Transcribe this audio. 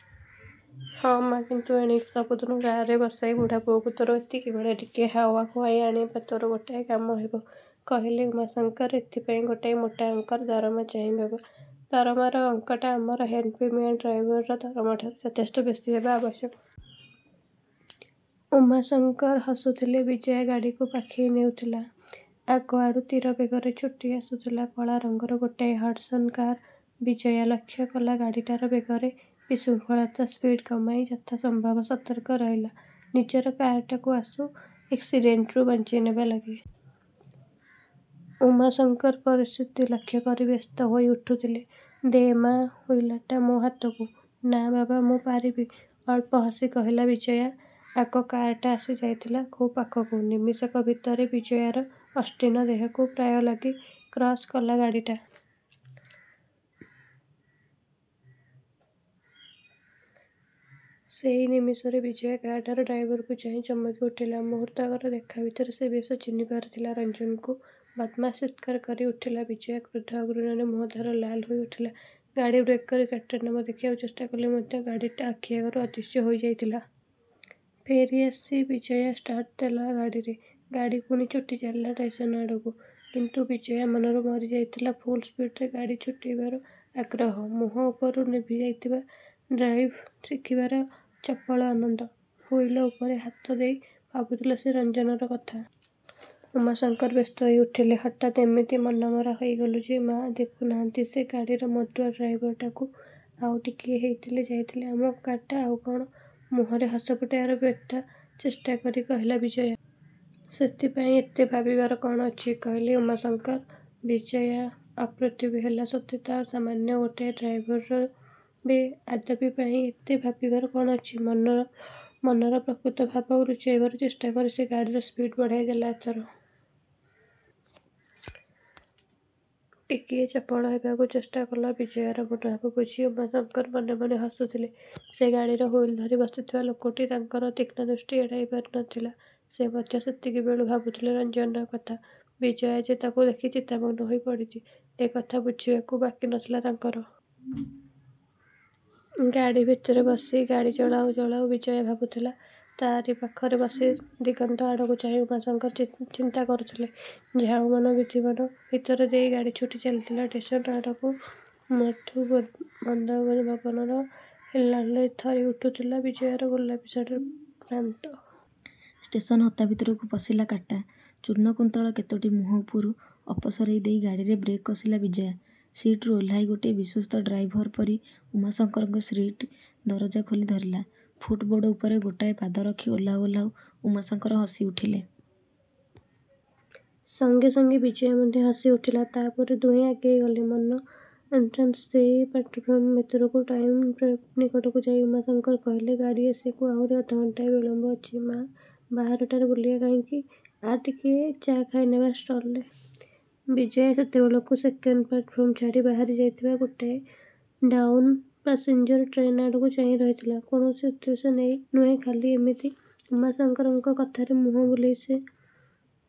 "ହଁ ମା। କିନ୍ତୁ ଏଣିକି ସବୁଦିନେ କାରରେ ବସାଇ ବୁଢ଼ାପୁଅକୁ ତୋର ଏତିକିବେଳେ ଟିକିଏ ହାଓ୍ଵା ଖୁଆଇ ଆଣିବା ତୋର ଗୋଟାଏ କାମ ହେବ। '' କହିଲେ ଉମାଶଙ୍କର। "ଏଥିପାଇଁ ଗୋଟାଏ ମୋଟା ଅଙ୍କର ଦରମା ଚାହିଁ ବାବା। ଦରମାର ଅଙ୍କଟା ଆମର ହେନିଫ୍ ମିଆଁ ଡ୍ରାଇଭରର ଦରମାଠାରୁ ଯଥେଷ୍ଟ ବେଶି ହେବା ଆବଶ୍ୟକ। '' ଉମାଶଙ୍କର ହସୁଥିଲେ। ବିଜୟା ଗାଡ଼ିକୁ ପାଖେଇ ନେଉଥିଲା। ଆଗଆଡ଼ୁ ତୀର ବେଗରେ ଛୁଟି ଆସୁଥିଲା କଳା ରଙ୍ଗର ଗୋଟାଏ ହଡ଼ସନ କାର। ବିଜୟା ଲକ୍ଷ୍ୟ କଲା ଗାଡ଼ିଟାର ବେଗରେ ବିଶୃଙ୍ଖଳତା। ସ୍ପିଡ଼ କମେଇ ଯଥାସମ୍ଭବ ସତର୍କ ରହିଲା ନିଜର କାରଟାକୁ ଆଶୁ ଏକ୍ସିଡ଼େଣ୍ଟରୁ ବଂଚେଇ ନେବା ଲାଗି। ଉମାଶଙ୍କର ପରିସ୍ଥିତି ଲକ୍ଷ୍ୟ କରି ବ୍ୟସ୍ତ ହୋଇ ଉଠୁଥିଲେ। "ଦେ ମା' ହୁଇଲଟା ମୋ ହାତକୁ। '' "ନା ବାବା ମୁଁ ପାରିବି। '' ଅଳ୍ପ ହସି କହିଲା ବିଜୟା। ଆଗ କାରଟା ଆସି ଯାଇଥିଲା ଖୁବ୍ ପାଖକୁ। ନିମିଷକ ଭିତରେ ବିଜୟାର ଅଷ୍ଟିନ ଦେହକୁ ପ୍ରାୟ ଲାଗି କ୍ରସ୍ କଲା ଗାଡ଼ିଟା। ସେଇ ନିମିଷରେ ବିଜୟା କାରଟାର ଡ୍ରାଇଭର୍କୁ ଚାହିଁ ଚମକି ଉଠିଲା। ମୁହୂର୍ତ୍ତକର ଦେଖା ଭିତରେ ସେ ବେଶ ଚିହ୍ନି ପାରିଥିଲା ରଞ୍ଜନକୁ। "ବଦମାସ୍। '' ଚିତ୍କାର କରି ଉଠିଲା ବିଜୟା। କ୍ରୋଧ ଆଉ ଘୃଣ୍ୟରେ ମୁହଁ ତା'ର ଲାଲ ହୋଇ ଉଠିଲା। ଗାଡ଼ି ବ୍ରେକ କରି କାର୍ଟାର ନମ୍ଵର ଦେଖିବାକୁ ଚେଷ୍ଟା କଲେ ମଧ୍ୟ ଗାଡ଼ିଟା ଆଖି ଆଗରୁ ଅଦୃଶ୍ୟ ହୋଇ ଯାଇଥିଲା। ଫେରି ଆସି ବିଜୟା ଷ୍ଟାର୍ଟ ଦେଲା ଗାଡ଼ିରେ। ଗାଡ଼ି ପୁଣି ଛୁଟି ଚାଲିଲା ଷ୍ଟେସନ ଆଡ଼କୁ। କିନ୍ତୁ ବିଜୟା ମନରୁ ମରି ଯାଇଥିଲା ଫୁଲ୍ ସ୍ପିଡ଼ରେ ଗାଡ଼ି ଛୁଟେଇବାର ଆଗ୍ରହ। ମୁହଁ ଉପରୁ ନିଭି ଯାଇଥିଲା ଡ୍ରାଇଭିଂ ଶିଖିବାର ଚପଳ ଆନନ୍ଦ। ହୁଇଲ ଉପରେ ହାତ ଦେଇ ଭାବୁଥିଲା ସେ ରଞ୍ଜନର କଥା। ଉମାଶଙ୍କରଙ୍କର ବ୍ୟସ୍ତ ହୋଇ ଉଠିଲେ। "ହଠାତ୍ ଏମିତି ମନମରା ହୋଇଗଲୁ ଯେ ମା। '' "ଦେଖୁ ନାହାନ୍ତି ସେ ଗାଡ଼ିର ମଦୁଆ ଡ୍ରାଇଭରଟାକୁ। ଆଉ ଟିକିଏ ହେଇଥିଲେ ଯାଇଥିଲା ଆମ କାର୍ଟା ଆଉ କ'ଣ…? ମୁହଁରେ ହସ ଫୁଟାଇବାର ବ୍ୟର୍ଥ ଚେଷ୍ଟା କରି କହିଲା ବିଜୟା। '' "ସେଥିପାଇଁ ଏତେ ଭାବିବାର କଣ ଅଛି? '' କହିଲେ ଉମାଶଙ୍କର। ବିଜୟା ଅପ୍ରତିଭ ହେଲା ସତେ ତ! ସାମାନ୍ୟ ଗୋଟାଏ ଡ୍ରାଇଭରର ବେ–ଆଦପୀ ପାଇଁ ଏତେ ଭାବିବାର କ'ଣ ଅଛି? ମନର ପ୍ରକୃତ ଭାବ ଲୁଚାଇବାର ଚେଷ୍ଟା କରି ସେ ଗାଡ଼ିର ସ୍ପିଡ଼ ବଢ଼ାଇ ଦେଲା ଏଥର। ଟିକିଏ ଚପଳ ହେବାକୁ ଚେଷ୍ଟା କଲା। ବିଜୟାର ମନୋଭାବ ବୁଝି ଉମାଶଙ୍କର ମନେ ମନେ ହସୁଥିଲେ। ସେ ଗାଡ଼ିର ହୁଇଲ ଧରି ବସିଥିବା ଲୋକଟି ତାଙ୍କର ତୀକ୍ଷ୍ଣ ଦୃଷ୍ଟି ଏଡ଼ାଇ ପାରି ନ ଥିଲା। ସେ ମଧ୍ୟ ସେତିକି ବେଳୁ ଭାବୁଥିଲେ ରଞ୍ଜନର କଥା। ବିଜୟା ଯେ ତାକୁ ଦେଖି ଚିନ୍ତାମଗ୍ନ ହୋଇ ପଡ଼ିଚି ଏ କଥା ବୁଝିବାକୁ ବାକି ନ ଥିଲା ତାଙ୍କର। ଗାଡ଼ି ଭିତରେ ବସି ଗାଡ଼ି ଚଳାଉ ଚଳାଉ ବିଜୟା ଭାବୁଥିଲା। ତା'ରି ପାଖରେ ବସି ଦିଗନ୍ତ ଆଡ଼କୁ ଚାହିଁ ଉମାଶଙ୍କର ଚିନ୍ତା କରୁଥିଲେ। ଝାଉଁବନ ବିଥୀ ବନ ଭିତରେ ଦେଇ ଗାଡ଼ି ଛୁଟି ଚାଲିଥିଲା ଷ୍ଟେସନ ଆଡ଼କୁ। ମୃଦୁ ମନ୍ଦ ପବନର ହିଲ୍ଲୋଳରେ ଥରି ଉଠୁଥିଲା ବିଜୟାର ଗୋଲାପୀ ଶାଢ଼ିର ପ୍ରାନ୍ତ। ଷ୍ଟେସନ ହତା ଭିତରକୁ ପଶିଲା କାର୍ଟା। ଚୂର୍ଣ୍ଣ କୁନ୍ତଳ କେତୋଟି ମୁହଁ ଉପରୁ ଅପସରେଇ ଦେଇ ଗାଡ଼ିରେ ବ୍ରେକ୍ କଷିଲା ବିଜୟା! ସିଟ୍ରୁ ଓହ୍ଲାଇ ଗୋଟିଏ ବିଶ୍ଵସ୍ଥ ଡ୍ରାଇଭର ପରି ଉମାଶଙ୍କରଙ୍କ ସିଟ୍ର ଦରଜା ଖୋଲି ଧରିଲା। ଫୁଟ୍ ବୋଡ଼ ଉପରେ ଗୋଟାଏ ପାଦ ରଖି ଓହ୍ଲାଉ ଓହ୍ଲାଉ ଉମାଶଙ୍କର ହସି ଉଠିଲେ। ସଙ୍ଗେ ସଙ୍ଗେ ବିଜୟା ମଧ୍ୟ ହସି ଉଠିଲା। ତା'ପରେ ଦୁହେଁ ଆଗେଇ ଗଲେ ମେନ ଏଣ୍ଟ୍ରାନ୍ସ ଦେଇ ପ୍ଲାଟଫର୍ମ ଭିତରକୁ। ଟାଇମ୍ ଟେବ୍ଲ ନିକଟକୁ ଯାଇ ଉମାଶଙ୍କର କହିଲେ— "ଗାଡ଼ି ଆସିବାକୁ ଆହୁରି ଅଧଘଣ୍ଟାଏ ବିଳମ୍ଵ ଅଛି ମା। ବାହାରଟାରେ ବୁଲିବା କାହିଁକି-? ଆ ଟିକିଏ ଚା ଖାଇନେବା ଷ୍ଟଲରେ। ବିଜୟା ସେତେବେଳେକୁ ସେକେଣ୍ତ ପ୍ଲାଟଫର୍ମ ଛାଡ଼ି ବାହାରି ଯାଇଥିବା ଗୋଟାଏ ଡାଉନ୍ ପାସେଞ୍ଜର ଟ୍ରେନ ଆଡ଼କୁ ଚାହିଁ ରହିଥିଲା, କୌଣସି ଉଦ୍ଦେଶ୍ୟ ନେଇ ନୁହେଁ, ଖାଲି ଏମିତି-। ଉମାଶଙ୍କରଙ୍କ କଥାରେ ମୁହଁ ବୁଲେଇ ସେ ଟି.